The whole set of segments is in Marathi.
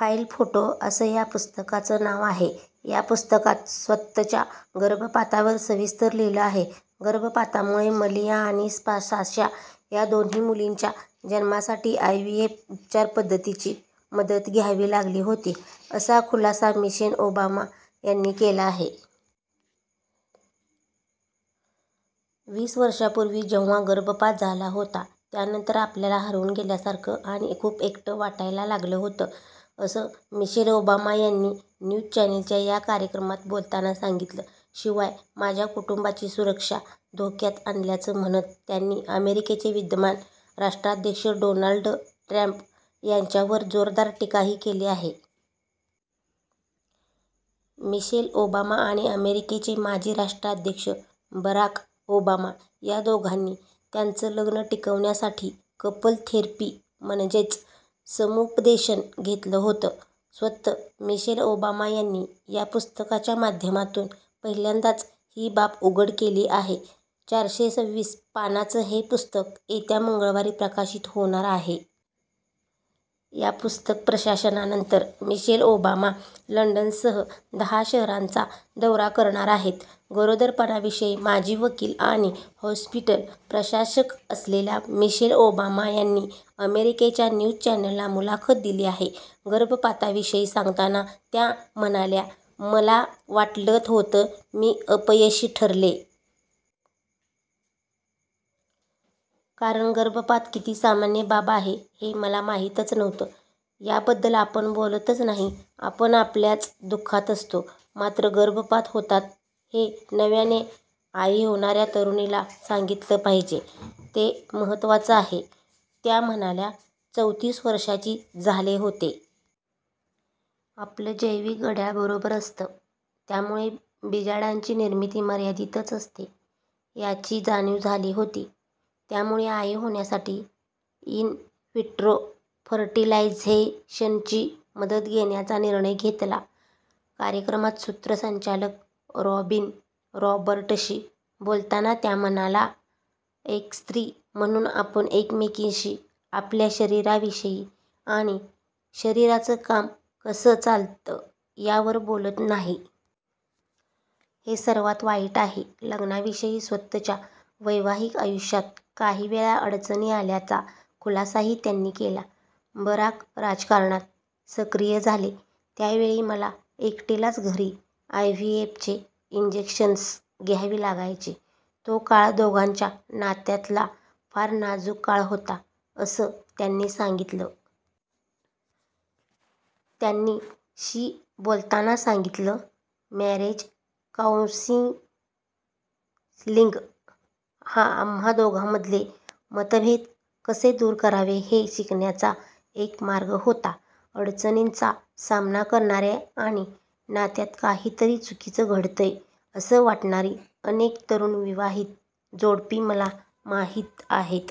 फाईल फोटो असं या पुस्तकाचं नाव आहे. या पुस्तकात स्वतःच्या गर्भपातावर सविस्तर लिहिलं आहे. गर्भपातामुळे मलिया आणि साशा या दोन्ही मुलींच्या जन्मासाठी आयव्हीएफ उपचार पद्धतीची मदत घ्यावी लागली होती असा खुलासा मिशेल ओबामा यांनी केला आहे. वीस वर्षांपूर्वी जेव्हा गर्भपात झाला होता त्यानंतर आपल्याला हरवून गेल्यासारखं आणि खूप एकटं वाटायला लागलं होतं, असं मिशेल ओबामा यांनी न्यूज चॅनलच्या या कार्यक्रमात बोलताना सांगितलं. शिवाय माझ्या कुटुंबाची सुरक्षा धोक्यात आणल्याचं' म्हणत त्यांनी अमेरिकेचे विद्यमान राष्ट्राध्यक्ष डोनाल्ड ट्रम्प यांच्यावर जोरदार टीकाही केली आहे. मिशेल ओबामा आणि अमेरिकेचे माजी राष्ट्राध्यक्ष बराक ओबामा या दोघांनी त्यांचं लग्नं टिकवण्यासाठी 'कपल थेरपी' म्हणजेच समुपदेशन घेतलं होतं. स्वतः मिशेल ओबामा यांनी या पुस्तकाच्या माध्यमातून पहिल्यांदाच ही बाब उघड केली आहे. चारशे सविस पानांचं हे पुस्तक येत्या मंगळवारी प्रकाशित होणार आहे. या पुस्तक प्रकाशनानंतर मिशेल ओबामा लंडनसह दहा शहरांचा दौरा करणार आहेत. गरोदरपणाविषयी माजी वकील आणि हॉस्पिटल प्रशासक असलेल्या मिशेल ओबामा यांनी अमेरिकेच्या न्यूज चॅनलला मुलाखत दिली आहे. गर्भपाताविषयी सांगताना त्या म्हणाल्या मला वाटलं होत मी अपयशी ठरले. कारण गर्भपात किती सामान्य बाब आहे हे मला माहितीच नव्हतं. याबद्दल आपण बोलतच नाही. आपण आपल्याच दुःखात असतो. मात्र गर्भपात होतात, हे नव्याने आई होणाऱ्या तरुणींना सांगितलं पाहिजे. ते महत्त्वाचं आहे. त्या म्हणाल्या चौतीस वर्षांची झाले होते. आपलं जैविक घड्याळ बरोबर असतं. त्यामुळे बिजांडांची निर्मिती मर्यादितच असते याची जाणीव झाली होती. त्यामुळे आई होण्यासाठी इन-व्हिट्रो फर्टिलायझेशनची मदत घेण्याचा निर्णय घेतला. कार्यक्रमात सूत्रसंचालक रॉबिन रॉबर्टशी बोलताना त्या म्हणाला एक स्त्री म्हणून आपण एकमेकींशी आपल्या शरीराविषयी आणि शरीराच काम कसं चालतं यावर बोलत नाही. हे सर्वांत वाईट आहे. लग्नाविषयी स्वतःच्या वैवाहिक आयुष्यात काहीवेळा अडचणी आल्याचा खुलासाही त्यांनी केला. बराक राजकारणात सक्रीय झाले त्यावेळी मला एकटीलाच घरी आयव्हीएफचे इन्जेक्शन्स घ्यावी लागायची. तो काळ दोघांच्या नात्यातला फार नाजूक काळ होता असं त्यांनी सांगितलं. त्यांनी शी बोलताना सांगितलं, मॅरेज काउंसिलिंग हा आम्हा दोघांमधले मतभेद कसे दूर करावे, हे शिकण्याचा एक मार्ग होता. अडचणींचा सामना करणाऱ्या आणि नात्यात काहीतरी चुकीचं घडतंय, असं वाटणारी अनेक तरुण विवाहित जोडपी मला माहीत आहेत.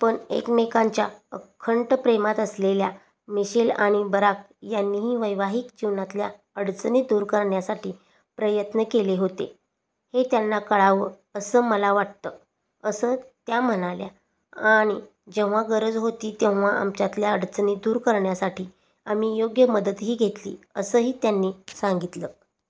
पण एकमेकांच्या आकंठ प्रेमात असलेल्या मिशेल आणि बराक यांनीही वैवाहिक जीवनातल्या अडचणी दूर करण्यासाठी प्रयत्न केले होते, हे त्यांना कळावं असं मला वाटतं असं त्या म्हणाल्या. आणि जेव्हा गरज होती तेव्हा आमच्यातल्या अडचणी दूर करण्यासाठी आम्ही योग्य मदतही घेतली असंही त्यांनी सांगितलं.